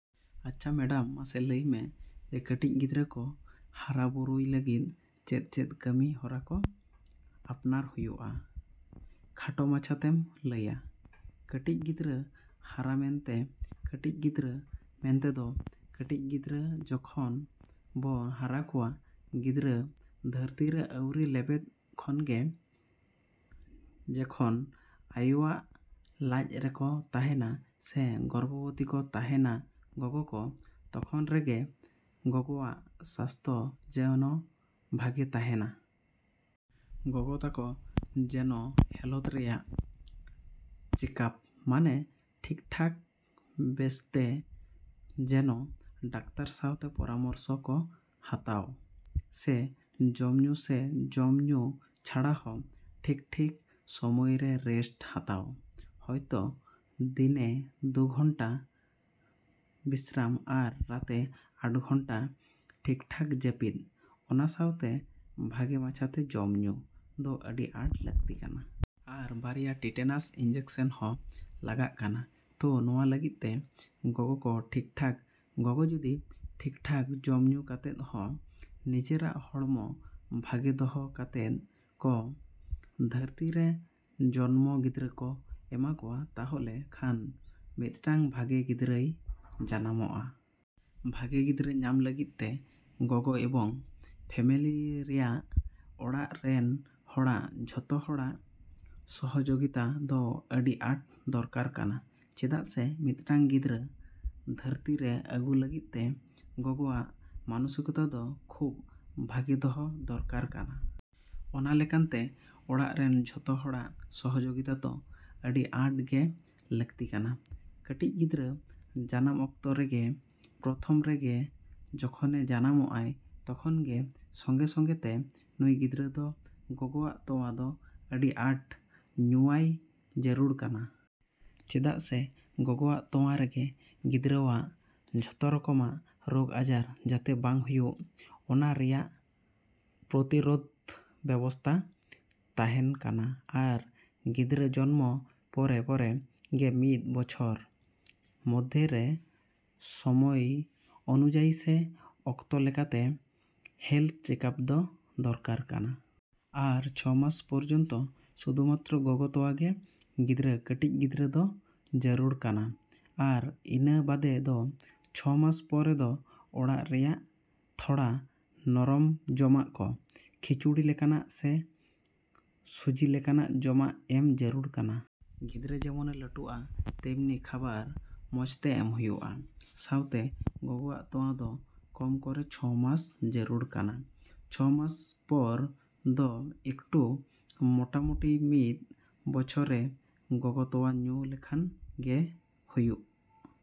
ᱟᱪᱪᱷᱟ ᱢᱮᱰᱟᱢ, ᱢᱟᱥᱮ ᱞᱟᱹᱭ ᱢᱮ ᱠᱟᱹᱴᱤᱡ ᱜᱤᱫᱽᱨᱟᱹ ᱠᱚ ᱦᱟᱨᱟ ᱵᱩᱨᱩᱭ ᱞᱟᱹᱜᱤᱫ ᱪᱮᱫᱼᱪᱮᱫ ᱠᱟᱹᱢᱤ ᱦᱚᱨᱟ ᱠᱚ ᱟᱯᱱᱟᱨ ᱦᱩᱭᱩᱜᱼᱟ? ᱠᱷᱟᱴᱚ ᱢᱟᱪᱷᱟᱛᱮᱢ ᱞᱟᱹᱭᱟ? ᱠᱟᱹᱴᱤᱡ ᱜᱤᱫᱽᱨᱟᱹ ᱦᱟᱨᱟ ᱢᱮᱱᱛᱮ, ᱠᱟᱹᱴᱤᱡ ᱜᱤᱫᱽᱨᱟᱹ ᱢᱮᱱᱛᱮᱫᱚ ᱠᱟᱹᱴᱤᱡ ᱜᱤᱫᱽᱨᱟᱹ ᱡᱚᱠᱷᱚᱱ ᱵᱚ ᱦᱟᱨᱟ ᱠᱚᱣᱟ, ᱜᱤᱫᱽᱨᱟᱹ ᱫᱷᱟᱹᱨᱛᱤ ᱨᱮ ᱟᱣᱨᱤ ᱞᱮᱵᱮᱫ ᱠᱷᱚᱱ ᱜᱮ ᱡᱮᱠᱷᱚᱱ ᱟᱭᱚᱣᱟᱼᱜ ᱞᱟᱡ ᱨᱮᱠᱚ ᱛᱟᱦᱮᱱᱟ ᱥᱮ ᱜᱚᱨᱵᱷᱚᱵᱚᱛᱤ ᱠᱚ ᱛᱟᱦᱮᱱᱟ ᱜᱚᱜᱚ ᱠᱚ, ᱛᱚᱠᱷᱚᱱ ᱨᱮᱜᱮ ᱜᱚᱜᱚᱣᱟᱜ ᱥᱟᱥᱛᱚ ᱡᱮᱱᱚ ᱵᱷᱟᱜᱮ ᱛᱟᱦᱮᱱ᱾ ᱜᱚᱜᱚ ᱛᱟᱠᱚ ᱡᱮᱱᱚ ᱦᱮᱞᱛᱷ ᱨᱮᱭᱟᱜ ᱪᱮᱠᱟᱯ ᱢᱟᱱᱮ ᱴᱷᱤᱠ ᱴᱷᱟᱠ ᱵᱮᱥᱛᱮ ᱡᱮᱱᱚ ᱰᱟᱠᱛᱟᱨ ᱥᱟᱶᱛᱮ ᱯᱚᱨᱟᱢᱚᱨᱥᱚ ᱠᱚ ᱦᱟᱛᱟᱣ, ᱥᱮ ᱡᱚᱢ ᱧᱩ ᱥᱮ ᱡᱚᱢ ᱧᱩ ᱪᱷᱟᱲᱟ ᱦᱚᱸ ᱴᱷᱤᱠ ᱴᱷᱤᱠ ᱥᱚᱢᱚᱭ ᱨᱮ ᱨᱮᱥᱴ ᱦᱟᱛᱟᱣ, ᱦᱚᱭᱛᱚ ᱫᱤᱱᱮ ᱫᱩ ᱜᱷᱚᱱᱴᱟ ᱵᱤᱥᱨᱟᱢ ᱟᱨ ᱨᱟᱛᱮ ᱟᱴ ᱜᱷᱚᱱᱴᱟ ᱴᱷᱤᱠ ᱴᱷᱟᱠ ᱡᱟᱹᱯᱤᱫ, ᱚᱱᱟ ᱥᱟᱶᱛᱮ ᱵᱷᱟᱜᱮ ᱢᱟᱪᱷᱟᱛᱮ ᱡᱚᱢ ᱧᱩ ᱫᱚ ᱟᱹᱰᱤ ᱟᱸᱴ ᱞᱟᱠᱛᱤ ᱠᱟᱱᱟ᱾ ᱟᱨ ᱵᱟᱨᱭᱟ ᱴᱤᱴᱮᱱᱟᱥ ᱤᱱᱡᱮᱠᱥᱮᱱ ᱦᱚᱸ ᱞᱟᱜᱟᱜ ᱠᱟᱱᱟ᱾ ᱛᱚ ᱱᱚᱣᱟ ᱞᱟᱹᱜᱤᱫ ᱛᱮ ᱜᱚᱜᱚ ᱠᱚ ᱴᱷᱤᱠ ᱴᱷᱟᱠ, ᱜᱚᱜᱚ ᱡᱩᱫᱤ ᱴᱷᱤᱠ ᱴᱷᱟᱠ ᱡᱚᱢ ᱧᱩ ᱠᱟᱛᱮᱫ ᱦᱚᱸ ᱱᱤᱡᱮᱨᱟᱜ ᱦᱚᱲᱢᱚ ᱵᱷᱟᱜᱮ ᱫᱚᱦᱚ ᱠᱟᱛᱮᱫ ᱠᱚ ᱫᱷᱟᱹᱨᱛᱤ ᱨᱮ ᱡᱚᱱᱢᱚ ᱜᱤᱫᱽᱨᱟᱹ ᱠᱚ ᱮᱢᱟ ᱠᱚᱣᱟ, ᱛᱟᱦᱞᱮ ᱠᱷᱟᱱ ᱢᱤᱫᱴᱟᱹᱝ ᱵᱷᱟᱜᱮ ᱜᱤᱫᱽᱨᱟᱹᱭ ᱡᱟᱱᱟᱢᱚᱜᱼᱟ᱾ ᱵᱷᱟᱜᱮ ᱜᱤᱫᱽᱨᱟᱹ ᱧᱟᱢ ᱞᱟᱹᱜᱤᱫ ᱛᱮ ᱜᱚᱜᱚ ᱮᱵᱚᱝ ᱯᱷᱮᱢᱮᱞᱤ ᱨᱮᱭᱟᱜ ᱚᱲᱟᱜ ᱨᱮᱱ ᱦᱚᱲᱟᱜ ᱡᱷᱚᱛᱚ ᱦᱚᱲᱟᱜ ᱥᱚᱦᱚᱡᱚᱜᱤᱛᱟ ᱫᱚ ᱟᱹᱰᱤ ᱟᱸᱴ ᱫᱚᱨᱠᱟᱨ ᱠᱟᱱᱟ᱾ ᱪᱮᱫᱟᱜ ᱥᱮ ᱢᱤᱫᱴᱟᱹᱝ ᱜᱤᱫᱽᱨᱟᱹ ᱫᱷᱟᱹᱨᱛᱤ ᱨᱮ ᱟᱹᱜᱩ ᱞᱟᱹᱜᱤᱫ ᱛᱮ ᱜᱚᱜᱚᱣᱟᱜ ᱢᱟᱱᱚᱥᱤᱠᱚᱛᱟ ᱫᱚ ᱠᱷᱩᱵᱽ ᱵᱷᱟᱜᱮ ᱫᱚᱦᱚ ᱫᱚᱨᱠᱟᱨ ᱠᱟᱱᱟ᱾ ᱚᱱᱟ ᱞᱮᱠᱟᱱ ᱛᱮ ᱚᱲᱟᱜ ᱨᱮᱱ ᱡᱷᱚᱛᱚ ᱦᱚᱲᱟᱜ ᱥᱚᱦᱚᱡᱚᱜᱤᱛᱟ ᱫᱚ ᱟᱹᱰᱤ ᱟᱸᱴ ᱜᱮ ᱞᱟᱠᱛᱤ ᱠᱟᱱᱟ᱾ ᱠᱟᱹᱴᱤᱡ ᱜᱤᱫᱽᱨᱟᱹ ᱡᱟᱱᱟᱢ ᱚᱠᱛᱚ ᱨᱮᱜᱮ ᱯᱨᱚᱛᱷᱚᱢ ᱨᱮᱜᱮ ᱡᱮᱠᱷᱚᱱᱮ ᱡᱟᱱᱟᱢᱚᱜᱼᱟ, ᱛᱚᱠᱷᱚᱱ ᱜᱮ ᱥᱚᱸᱜᱮᱼᱥᱚᱸᱜᱮ ᱛᱮ ᱱᱩᱭ ᱜᱤᱫᱽᱨᱟᱹ ᱫᱚ ᱜᱚᱜᱚᱣᱟᱜ ᱛᱚᱣᱟ ᱫᱚ ᱟᱹᱰᱤ ᱟᱸᱴ ᱧᱩᱣᱟᱭ ᱡᱟᱹᱨᱩᱲ ᱠᱟᱱᱟ᱾ ᱪᱮᱫᱟᱜ ᱥᱮ ᱜᱚᱜᱚᱣᱟᱜ ᱛᱚᱣᱟ ᱨᱮᱜᱮ ᱜᱤᱫᱽᱨᱟᱹᱣᱟᱜ ᱡᱷᱚᱛᱚ ᱨᱚᱠᱚᱢᱟᱜ ᱨᱚᱜᱽ ᱟᱡᱟᱨ ᱡᱟᱛᱮ ᱵᱟᱝ ᱦᱩᱭᱩᱜ, ᱚᱱᱟ ᱨᱮᱭᱟᱜ ᱯᱨᱚᱛᱤᱨᱚᱫᱷ ᱵᱮᱵᱚᱥᱛᱷᱟ ᱛᱟᱦᱮᱱ ᱠᱟᱱᱟ ᱟᱨ ᱜᱤᱫᱽᱨᱟᱹ ᱡᱚᱱᱢᱚ ᱯᱚᱨᱮᱼᱯᱚᱨᱮ ᱜᱮ ᱢᱤᱫ ᱵᱚᱪᱷᱚᱨ ᱢᱚᱫᱷᱭᱚ ᱨᱮ ᱥᱚᱢᱚᱭ ᱚᱱᱩᱡᱟᱭᱤ ᱥᱮ ᱚᱠᱛᱚ ᱞᱮᱠᱟᱛᱮ ᱦᱮᱞᱛᱷ ᱪᱮᱠᱟᱯ ᱫᱚ ᱫᱚᱨᱠᱟᱨ ᱠᱟᱱᱟ᱾ ᱟᱨ ᱪᱷᱚ ᱢᱟᱥ ᱯᱚᱨᱡᱚᱱᱛᱚ ᱥᱩᱫᱩ ᱢᱟᱛᱨᱚ ᱜᱚᱜᱚ ᱛᱚᱣᱟ ᱜᱮ ᱜᱤᱫᱽᱨᱟᱹ, ᱠᱟᱹᱴᱤᱡ ᱜᱤᱫᱽᱨᱟᱹ ᱫᱚ ᱡᱟᱹᱨᱩᱲ ᱠᱟᱱᱟ᱾ ᱟᱨ ᱤᱱᱟᱹ ᱵᱟᱫᱮ ᱫᱚ ᱪᱷᱚ ᱢᱟᱥ ᱯᱚᱨᱮ ᱫᱚ ᱚᱲᱟᱜ ᱨᱮᱭᱟᱜ ᱛᱷᱚᱲᱟ ᱱᱚᱨᱚᱢ ᱡᱚᱢᱟᱜ ᱠᱚ, ᱠᱷᱤᱪᱩᱲᱤ ᱞᱮᱠᱟᱱᱟᱜ ᱥᱮ ᱥᱩᱡᱤ ᱞᱮᱠᱟᱱᱟᱜ ᱡᱚᱢᱟᱜ ᱮᱢ ᱡᱟᱹᱨᱩᱲ ᱠᱟᱱᱟ᱾ ᱜᱤᱫᱽᱨᱟᱹ ᱡᱮᱢᱚᱱᱮ ᱞᱟᱹᱴᱩᱜᱼᱟ ᱛᱮᱢᱱᱤ ᱠᱷᱟᱵᱟᱨ ᱢᱚᱡᱽ ᱛᱮ ᱮᱢ ᱦᱩᱭᱩᱜᱼᱟ, ᱥᱟᱶᱛᱮ ᱜᱚᱜᱚᱣᱟᱜ ᱛᱚᱣᱟ ᱫᱚ ᱠᱚᱢ ᱠᱚᱨᱮ ᱪᱷᱚ ᱢᱟᱥ ᱡᱟᱹᱨᱩᱲ ᱠᱟᱱᱟ᱾ ᱪᱷᱚ ᱢᱟᱥ ᱯᱚᱨ ᱫᱚ ᱮᱠᱴᱩ ᱢᱚᱴᱟᱼᱢᱩᱴᱤ ᱢᱤᱫ ᱵᱚᱪᱷᱚᱨᱮ ᱜᱚᱜᱚ ᱛᱚᱣᱟᱭ ᱧᱩ ᱞᱮᱠᱷᱟᱱ ᱜᱮ ᱦᱩᱭᱩᱜ᱾